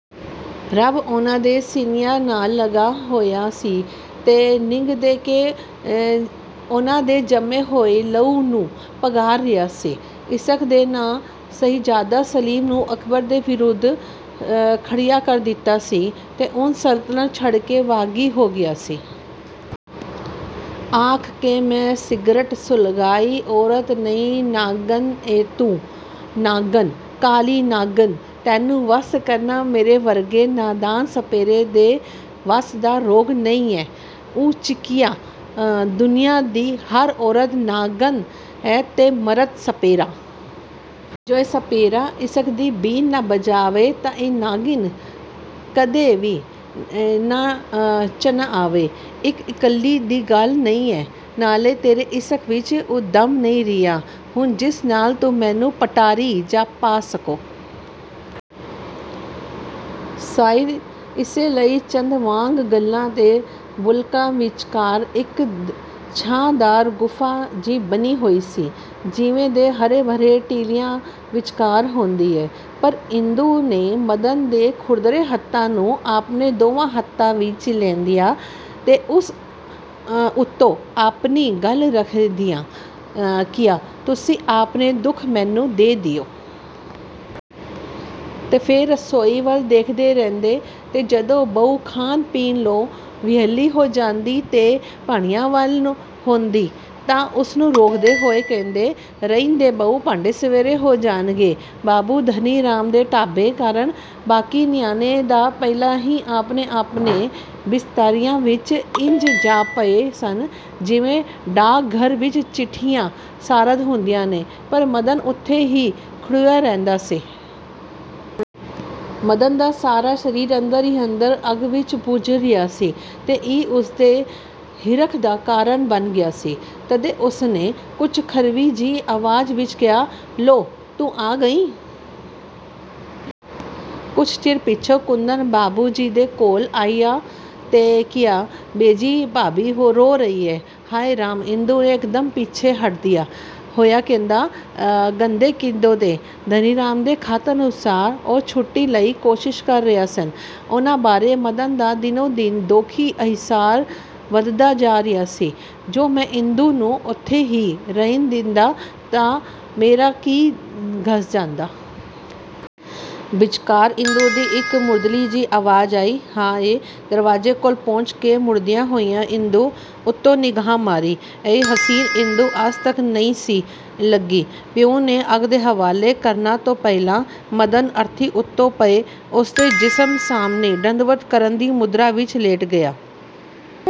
ਰੱਬ ਉਹਨਾਂ ਦੇ ਸੀਨਿਆਂ ਨਾਲ ਲਗਾ ਹੋਇਆ ਸੀ ਤੇ ਨਿੱਘ ਦੇ ਕੇ ਉਹਨਾਂ ਦੇ ਜੰਮੇ ਹੋਏ ਲਹੂ ਨੂੰ ਪੰਘਾਰ ਰਿਹਾ ਸੇ। ਇਸ਼ਕ ਨੇ ਤਾਂ ਸ਼ਹਿਜ਼ਾਦਾ ਸਲੀਮ ਨੂੰ ਅਕਬਰ ਦੇ ਵਿਰੁਧ ਖੜ੍ਹਯਾਂ ਕਰ ਦਿੱਤਾ ਸੀ ਤੇ ਉਹ ਸਲਤਨਤ ਛੱਡ ਕੇ ਬਾਗ਼ੀ ਹੋ ਗਿਆ ਸੀ। " ਆਖ ਕੇ ਮੈਂ ਸਿਗਰਟ ਸੁਲਘਾਈ। "ਔਰਤ ਨਹੀਂ ਨਾਗਣ ਏ ਤੂੰ ਨਾਗਣ। ਕਾਲੀ ਨਾਗਣ… ਤੈਨੂੰ ਵੱਸ ਕਰਨਾ ਮੇਰੇ ਵਰਗੇ ਨਾਦਾਨ ਸਪੇਰੇ ਦੇ ਵੱਸ ਦਾ ਰੋਗ ਨਹੀਂ ਏ। " ਉਹ ਚੀਕਿਆ। "ਦੁਨੀਆਂ ਦੀ ਹਰ ਔਰਤ ਨਾਗਣ ਏਂ ਤੇ ਮਰਦ ਸਪੇਰਾ। ਜੇ ਇਹ ਸਪੇਰਾ ਇਸ਼ਕ ਦੀ ਬੀਨ ਨਾ ਵਜਾਵੇ ਤਾਂ ਇਹ ਨਾਗਣ ਕਦੇ ਵੀ ਨ 'ਚ ਨਾ ਆਵੇ… ਈਕ ਇਕੱਲੀ ਦੀ ਗੱਲ ਨਹੀਂ ਏ। ਨਾਲੇ ਤੇਰੇ ਇਸ਼ਕ ਵਿਚ ਉਹ ਦਮ ਨਹੀਂ ਰਿਹਾ ਹੁਣ ਜਿਸ ਨਾਲ ਤੂੰ ਮੈਨੂੰ ਪਟਾਰੀ 'ਚ ਪਾ ਸਕੇਂ। ਸ਼ਾਇਦ ਇਸੇ ਲਈ ਚੰਦ ਵਾਂਗ ਗੱਲ੍ਹਾਂ ਤੇ ਬੁੱਲ੍ਹਾਂ ਵਿਚਕਾਰ ਇਕ ਛਾਂ–ਦਾਰ ਗੁਫ਼ਾ ਜਿਹੀ ਬਣੀ ਹੋਈ ਸੀ, ਜਿਵੇਂ ਦੋ ਹਰੇ ਭਰੇ ਟੀਲਿਆਂ ਵਿਚਕਾਰ ਹੁੰਦੀ ਹੈ। ' ਪਰ ਇੰਦੂ ਨੇ ਮਦਨ ਦੇ ਖੁਰਦਰੇ ਹੱਥ ਨੂੰ ਆਪਣੇ ਦੋਵਾਂ ਹੱਥਾਂ ਵਿਚ ਲੈਂਦਿਆਂ ਤੇ ਉਸ ਉੱਤੇ ਆਪਣੀ ਗੱਲ੍ਹ ਰੱਖਦਿਆਂ ਕਿਹਾ- "ਤੁਸੀਂ ਆਪਣੇ ਦੁੱਖ ਮੈਨੂੰ ਦੇ ਦਿਓ। " ਤੇ ਫੇਰ ਰਸੋਈ ਵੱਲ ਦੇਖਦੇ ਰਹਿੰਦੇ ਤੇ ਜਦੋਂ ਬਹੂ ਖਾਣ ਪੀਣ ਤੋਂ ਵਿਹਲੀ ਹੋ ਜਾਂਦੀ ਤੇ ਭਾਂਡਿਆਂ ਵੱਲ ਹੁੰਦੀ ਤਾਂ ਉਸਨੂੰ ਰੋਕਦੇ ਹੋਏ ਕਹਿੰਦੇ, "ਰਹਿਣ ਦੇ ਬਹੂ, ਭਾਂਡੇ ਸਵੇਰੇ ਹੋ ਜਾਣਗੇ। ਬਾਊ ਧਨੀਰਾਮ ਦੇ ਦਾਬੇ ਕਾਰਣ ਬਾਕੀ ਨਿਆਣੇ ਤਾਂ ਪਹਿਲਾਂ ਹੀ ਆਪੋ ਆਪਣੇ ਬਿਸਤਰਿਆਂ ਵਿਚ ਇੰਜ ਜਾ ਪਏ ਸਨ, ਜਿਵੇਂ ਡਾਕਘਰ ਵਿਚ ਚਿੱਠੀਆਂ ਸਾਰਟ ਹੁੰਦੀਆਂ ਨੇ, ਪਰ ਮਦਨ ਉੱਥੇ ਹੀ ਖੜ੍ਹਾ ਰਿਹਾ ਸੀ। ਮਦਨ ਦਾ ਸਾਰਾ ਸਰੀਰ ਅੰਦਰ ਹੀ ਅੰਦਰ ਅੱਗ ਵਿਚ ਭੁੱਜ ਰਿਹਾ ਸੀ ਤੇ ਇਹੀ ਉਸਦੇ ਹਿਰਖ ਦਾ ਕਾਰਣ ਬਣ ਗਿਆ ਸੀ, ਤਦੇ ਉਸਨੇ ਕੁਝ ਖਰਵੀ ਜਿਹੀ ਆਵਾਜ਼ ਵਿਚ ਕਿਹਾ- "ਸੋ, ਤੂੰ ਆ ਗਈ! ਕੁਝ ਚਿਰ ਪਿੱਛੋਂ ਕੁੰਦਨ ਬਾਊਜੀ ਦੇ ਕੋਲ ਆਇਆ ਤੇ ਕਿਹਾ-"ਬੋਜੀ, ਭਾਬੀ ਰੋ ਰਹੀ ਏ। " "ਹਾਏ ਰਾਮ" ਇੰਦੂ ਨੇ ਯਕਦਮ ਪਿੱਛੇ ਹਟਦਿਆਂ ਹੋਇਆਂ ਕਿਹਾ, "ਗੰਦੇ ਕਿਤੋਂ ਦੇ! ਧਨੀਰਾਮ ਦੇ ਖ਼ਤ ਅਨੁਸਾਰ ਉਹ ਛੁੱਟੀ ਲਈ ਕੋਸ਼ਿਸ਼ ਕਰ ਰਹੇ ਸਨ… ਉਹਨਾਂ ਬਾਰੇ ਮਦਨ ਦਾ ਦਿਨੋ ਦਿਨ ਦੋਖੀ ਅਹਿਸਾਸ ਵਧਦਾ ਜਾ ਰਿਹਾ ਸੀ-'ਜੇ ਮੈਂ ਇੰਦੂ ਨੂੰ ਉੱਥੇ ਹੀ ਰਹਿਣ ਦਿੰਦਾ ਤਾਂ ਮੇਰਾ ਕੀ ਘਸ ਜਾਂਦਾ? ਵਿਚਕਾਰ ਇੰਦੂ ਦੀ ਇਕ ਮੁਰਦਲੀ ਜਿਹੀ ਆਵਾਜ਼ ਆਈ-"ਹਾ–ਏ… ਦਰਵਾਜ਼ੇ ਕੋਲ ਪਹੁੰਚ ਕੇ ਮੁੜਦਿਆਂ ਹੋਇਆਂ ਇੰਦੂ ਉੱਤੇ ਨਿਗਾਹ ਮਾਰੀ… ਏਨੀ ਹੁਸੀਨ ਇੰਦੂ ਅੱਜ ਤਕ ਨਹੀਂ ਸੀ ਲੱਗੀ! ਪਿਓ ਨੂੰ ਅੱਗ ਦੇ ਹਵਾਲੇ ਕਰਨ ਤੋਂ ਪਹਿਲਾਂ ਮਦਨ ਅਰਥੀ ਉੱਤੇ ਪਏ ਉਸਦੇ ਜਿਸਮ ਸਾਹਮਣੇ ਡੰਡਵਤ ਕਰਨ ਦੀ ਮੁਦਰਾ ਵਿਚ ਲੇਟ ਗਿਆ।